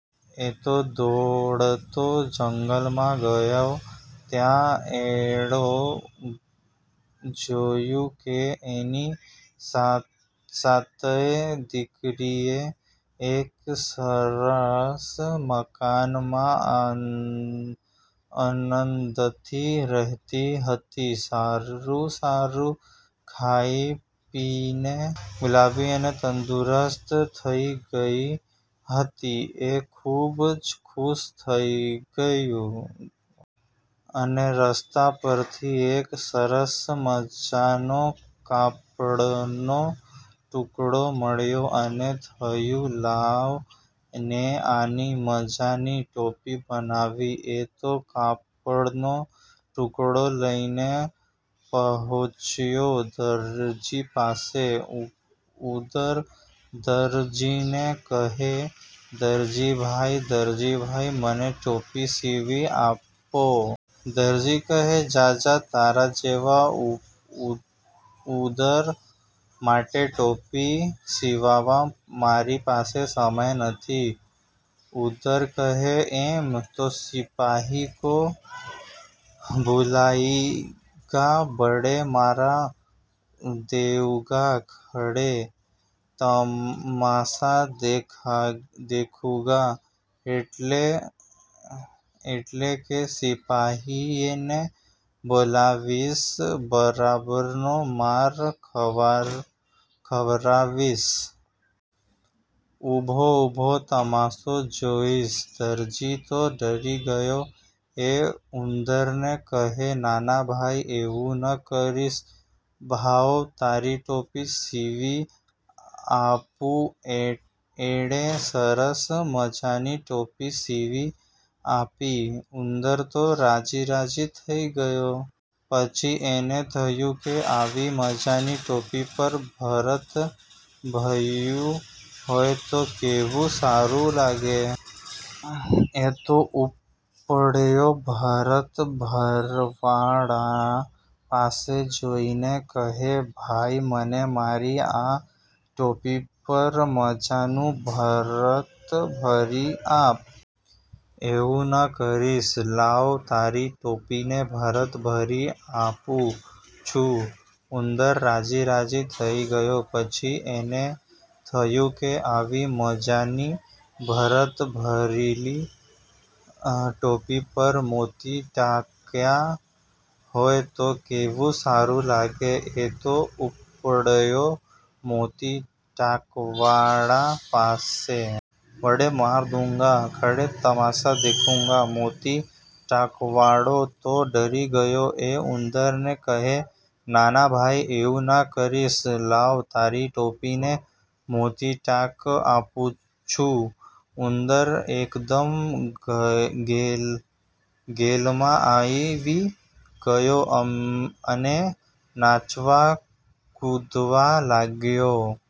એ તો દોડતો જંગલમાં ગયો. ત્યાં એણે જોયું કે એની સાતેય દીકરીઓ એક સરસ મકાનમાં આનંદથી રહેતી હતી. સારું સારું ખાઈ-પીને ગુલાબી અને તંદુરસ્ત થઇ ગઈ હતી. એ ખુબ જ ખુશ થઇ ગયો. એને રસ્તા પરથી એક સરસ મજાનો કાપડનો ટુકડો મળ્યો. એને થયું, લાવ ને આની મજાની ટોપી બનાવું. એ તો કાપડનો ટુકડો લઈને પહોંચ્યો દરજી પાસે. ઉંદર દરજીને કહે, "દરજીભાઈ, દરજીભાઈ, મને ટોપી સીવી આપો". દરજી કહે, "જા. જા. તારા જેવા ઉંદર માટે ટોપી સીવવા મારી પાસે સમય નથી". ઉંદર કહે, "એમ? તો સિપાહી કો બુલાઉંગા. બડે માર દેઉંગા. ખડે તમાશા દેખુંગા" એટલે કે, "સિપાહીને બોલાવીશ. બરાબરનો માર ખવરાવીશ. ઉભો ઉભો તમાશો જોઇશ". દરજી તો ડરી ગયો. એ ઉંદરને કહે, "ના ના ભાઈ. એવું ન કરીશ. લાવ તારી ટોપી સીવી આપું એણે સરસ મજાની ટોપી સીવી આપી. ઉંદર તો રાજી રાજી થઇ ગયો. પછી એને થયું કે આવી મજાની ટોપી પર ભરત ભર્યું હોય તો કેવું સારું લાગે? એ તો ઉપડ્યો ભરત ભરવાવાળા પાસે. જઈને કહે, "ભાઈ, મને મારી આ ટોપી પર મજાનું ભરત ભરી આપ". એવું ન કરીશ. લાવ તારી ટોપીને ભરત ભરી આપું છું". ઉંદર રાજી રાજી થઇ ગયો. પછી એને થયું કે આવી મજાની ભરત ભરેલી ટોપી પર મોતી ટાંક્યાં હોય તો કેવું સારું લાગે? એ તો ઉપડ્યો મોતી ટાંકવાવાળા પાસે. બડે માર દેઉંગા. ખડે તમાશા દેખુંગા". મોતી ટાંકવાવાળો તો ડરી ગયો. એ ઉંદરને કહે, "ના ના ભાઈ. એવું ન કરીશ. લાવ તારી ટોપીને મોતી ટાંકી આપું છું". ઉંદર એકદમ ગેલમાં આવી ગયો અને નાચવા કુદવા લાગ્યો.